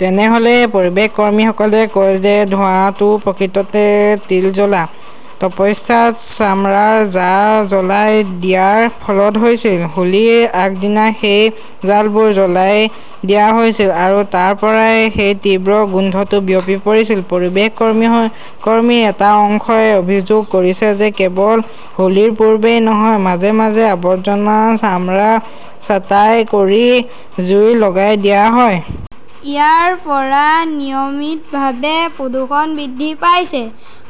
তেনেহলে? পৰিৱেশকৰ্মীসকলে কয় যে, ধোঁৱাটো প্ৰকৃততে তিলজলা, তপস্যাত চামৰাৰ ছাঁ জ্বলাই দিয়াৰ ফলত হৈছিল। হোলীৰ আগদিনা সেই ছালবোৰ জ্বলাই দিয়া হৈছিল আৰু তাৰ পৰাই সেই তীব্ৰ গোন্ধটো বিয়পি পৰিছিল। পৰিৱেশকৰ্মীৰ এটা অংশই অভিযোগ কৰিছে যে, কেৱল হোলীৰ পূৰ্বেই নহয়, মাজে মাজে আৱৰ্জনা চামৰা ছাঁটাই কৰি জুই লগাই দিয়া হয়। ইয়াৰ পৰা নিয়মিতভাৱে প্ৰদূষণ বৃদ্ধি পাইছে।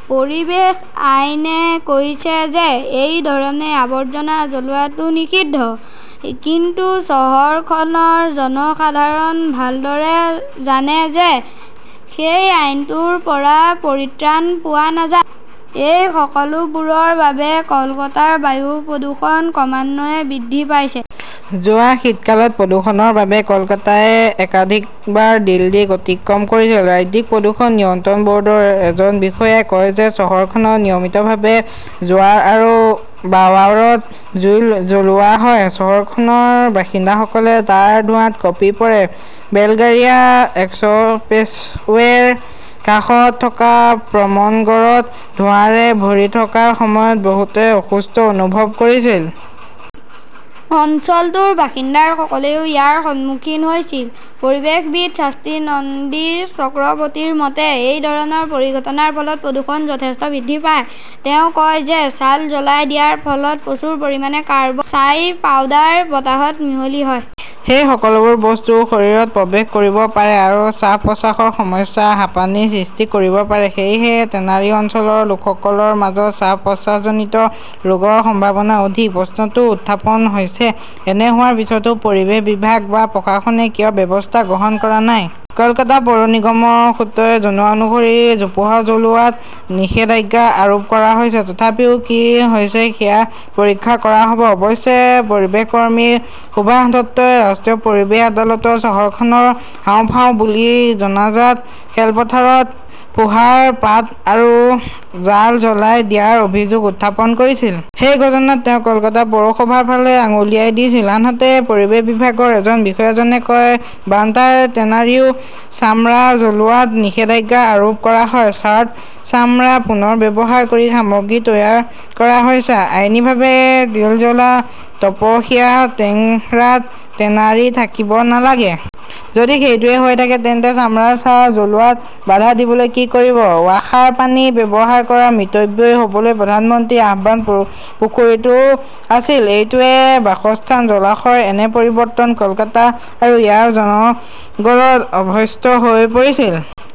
পৰিৱেশ আইনে কৈছে যে, এই ধৰণে আৱৰ্জনা জ্বলোৱাটো নিষিদ্ধ। কিন্তু চহৰখনৰ জনসাধাৰণ ভালদৰে জানে যে, সেই আইনটোৰ পৰা পৰিত্ৰাণ পোৱা নাযায়। এই সকলোবোৰৰ বাবে কলকাতাৰ বায়ু প্ৰদূষণ ক্ৰমান্বয়ে বৃদ্ধি পাইছে। যোৱা শীতকালত প্ৰদূষণৰ বাবে কলকাতাই একাধিকবাৰ দিল্লীক অতিক্ৰম কৰিছিল। ৰাজ্যিক প্ৰদূষণ নিয়ন্ত্ৰণ বৰ্ডৰ এজন বিষয়াই কয় যে, চহৰখনত নিয়মিতভাৱে জোৱাৰ আৰু বাৱাৰত জুই জ্বলোৱা হয়। চহৰখনৰ বাসিন্দাসকলে তাৰ ধোঁৱাত কঁপি পৰে। বেলগাৰিয়া এক্সপ্ৰেছৱেৰ কাষত থকা প্ৰমনগৰত ধোঁৱাৰে ভৰি থকাৰ সময়ত বহুতে অসুস্থ অনুভৱ কৰিছিল। অঞ্চলটোৰ বাসিন্দাসকলেও ইয়াৰ সন্মুখীন হৈছিল। পৰিৱেশবিদ স্বাতী নন্দী চক্ৰৱৰ্তীৰ মতে, এই ধৰণৰ পৰিঘটনাৰ ফলত প্ৰদূষণ যথেষ্ট বৃদ্ধি পায়। তেওঁ কয় যে, ছাল জ্বলাই দিয়াৰ ফলত প্ৰচুৰ পৰিমাণে কাৰ্বন, ছাইৰ পাউডাৰ বতাহত মিহলি হয়। সেই সকলোবোৰ বস্তু শৰীৰত প্ৰৱেশ কৰিব পাৰে আৰু শ্বাস-প্ৰশ্বাসৰ সমস্যা, হাঁপানিৰ সৃষ্টি কৰিব পাৰে। সেয়েহে টেনাৰী অঞ্চলৰ লোকসকলৰ মাজত শ্বাস-প্ৰশ্বাসজনিত ৰোগৰ সম্ভাৱনা অধিক। প্ৰশ্নটো উত্থাপন হৈছে, এনে হোৱাৰ পিছতো পৰিৱেশ বিভাগ বা প্ৰশাসনে কিয় ব্যৱস্থা গ্ৰহণ কৰা নাই? কলকাতা পৌৰ নিগমৰ সূত্ৰই জনোৱা অনুসৰি, জোপোহা জ্বলোৱাত নিষেধাজ্ঞা আৰোপ কৰা হৈছে। তথাপিও কি হৈছে সেয়া পৰীক্ষা কৰা হব। অৱশ্যে পৰিৱেশকৰ্মী সুভাষ দত্তই ৰাষ্ট্ৰীয় পৰিৱেশ আদালতত চহৰখনৰ হাঁওফাঁও বুলি জনাজাত খেলপথাৰত ফোঁহাৰ পাত আৰু জাল জ্বলাই দিয়াৰ অভিযোগ উত্থাপন কৰিছিল। সেই ঘটনাত তেওঁ কলকাতা পৌৰসভাৰ ফালে আঙুলিয়াই দিছিল। আনহাতে, পৰিৱেশ বিভাগৰ এজন বিষয়াজনে কয়, "বান্টাৰ টেনাৰীও চামৰা জ্বলোৱাত নিষেধাজ্ঞা আৰোপ কৰা হয়। ছাৰ্ট চামৰা পুনৰ ব্যৱহাৰ কৰি সামগ্ৰী তৈয়াৰ কৰা হৈছে। আইনীভাৱে তিলজলা, তপসিয়া, টেংৰাত টেনাৰী থাকিব নালাগে। যদি সেইটোৱেই হৈ থাকে, তেন্তে চামৰাৰ ছাদ জ্বলোৱাত বাধা দিবলৈ কি কৰিব?"। ৱাসাৰ পানী ব্যৱহাৰ কৰাত মিতব্যয়ী হবলৈ প্ৰধানমন্ত্ৰীৰ আহ্বান পুখুৰীটো আছিল। এইটোৱেই বাসস্থান। জলাশয়ৰ এনে পৰিৱৰ্তন কলকাতা আৰু ইয়াৰ উপনগৰত অভ্যস্ত হৈ পৰিছিল।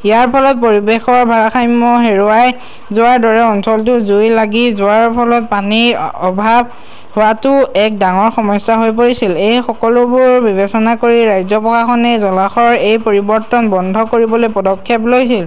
ইয়াৰ ফলত পৰিৱেশৰ ভাৰসাম্য হেৰুৱাই যোৱাৰ দৰে অঞ্চলটোত জুই লাগি যোৱাৰ ফলত পানীৰ অভাৱ হোৱাটোও এক ডাঙৰ সমস্যা হৈ পৰিছিল। এই সকলোবোৰ বিবেচনা কৰি, ৰাজ্য প্ৰশাসনে জলাশয়ৰ এই পৰিৱৰ্তন বন্ধ কৰিবলৈ পদক্ষেপ লৈছিল।